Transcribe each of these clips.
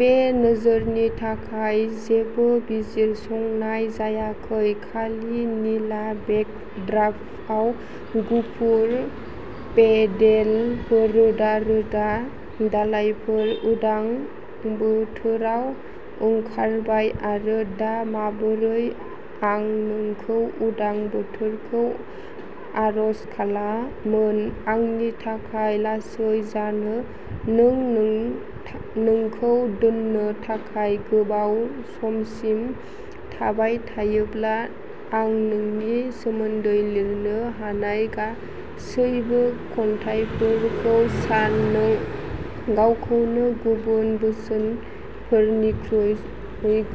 बे नोजोरनि थाखाय जेबो बिजिरसंनाय जायाखै। खालि निला बेकड्रपआव गुफुर पेडेलफोर रोदा-रोदा दालाइफोर उदां बोथोरा ओंखारबाय आरो दा माबोरै आं नोंखौ उदां बोथोरखौ आरज खालामो। आंनि थाखाय लासै जानो नों नोंखौ दोननो थाखाय गोबाव समसिम थाबाय थायोब्ला आं नोंनि सोमोन्दै लिरनो हानाय गासैबो खन्थाइफोरखौ सान नों गावखौनो गुबुन बोसोरफोरनिख्रुइ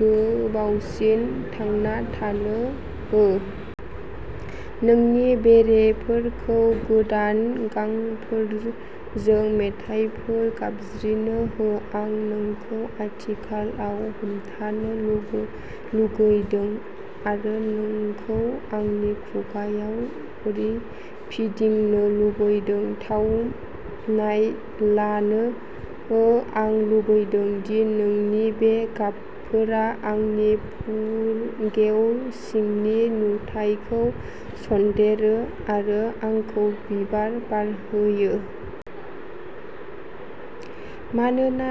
गोबावसिन थांना थानो हो। नोंनि बेरेफोरखौ गोदान गांफोरजों मेथाइफोर गाबज्रिनो हो। आं नोंखौ आथिखालाव हमथानो लुगैदों आरो नोंखौ आंनि खुगाआव फिदिंनो लुगैदों थावनाय लानोबो आं लुबैदों दि नोंनि बे गाबफोरा आंनि फुरगेव सिंनि नुथायखौ सनदेरो आरो आंखौ बिबार बारहोयो। मानोना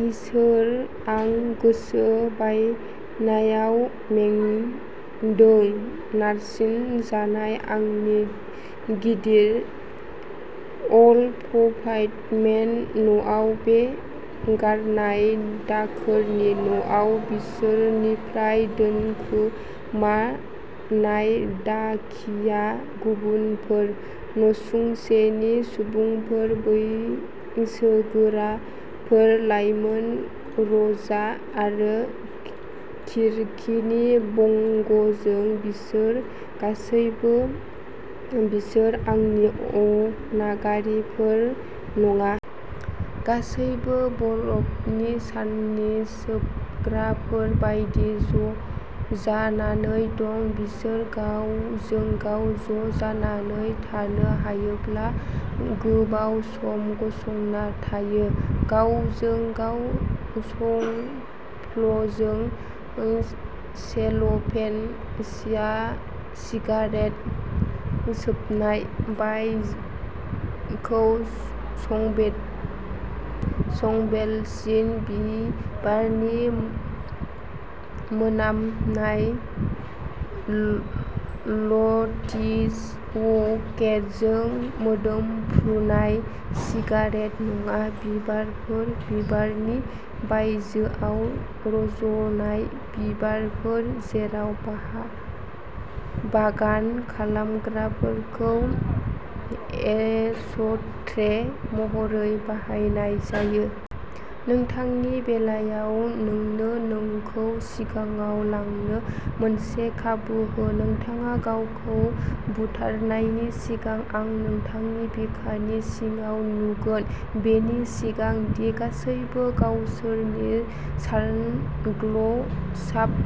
इसोर आं गोसो बायनायाव मेंदों। नारसिनजानाय आंनि गिदिर अल एपायमेन्ट न'आव बे गारनाय दाखोरनि न'आव बिसोरनिफ्राय दोनखोमानाय डाकिया गुबुनफोर नसुंसेनि सुबुंफोर बैसोगोराफोर, लाइमोन रजा आरो खिरखिनि बंगजों बिसोर गासैबो। बिसोर आंनि अनागारिफोर नङा। गासैबो बरफनि साननि सोबग्राफोर बायदि ज' जानानै दं। बिसोर गावजों-गाव ज' जानानै थानो हायोब्ला गोबाव सम गसंना थायो। गावजों-गाव संफ्लजों सेल'फेन सिया सिगारेट सोबनाय। बारखौ संबेद संबेलसिन बिबारनि मोनामनाय लेटिसहकरजों मोदोमफ्रुनाय। सिगारेट नङा बिबारफोर बिबारनि बायजोआव रज'नाय बिबारफोर जेराव बागान खालामग्राफोरखौ एशट्रे महरै बाहायनाय जायो। नोंथांनि बेलायाव नोंनो नोंखौ सिगाङाव लांनो मोनसे खाबु हो नोंथाङा गावखौ बुथारनायनि सिगां। आं नोंथांनि बिखानि सिङाव नुगोन। बेनि सिगां दि गासैबो गावसोरनि सानग्लसाब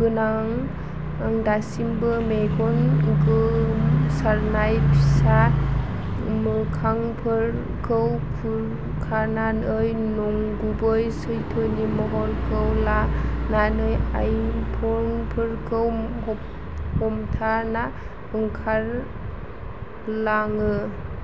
गोनां दासिमबो मेगन गोमसारनाय फिसा मोखांफोरखौ खुरखानानै नंगुबै सैथोनि महरखौ लानानै आइफनफोरखौ हमथाना ओंखारलाङो।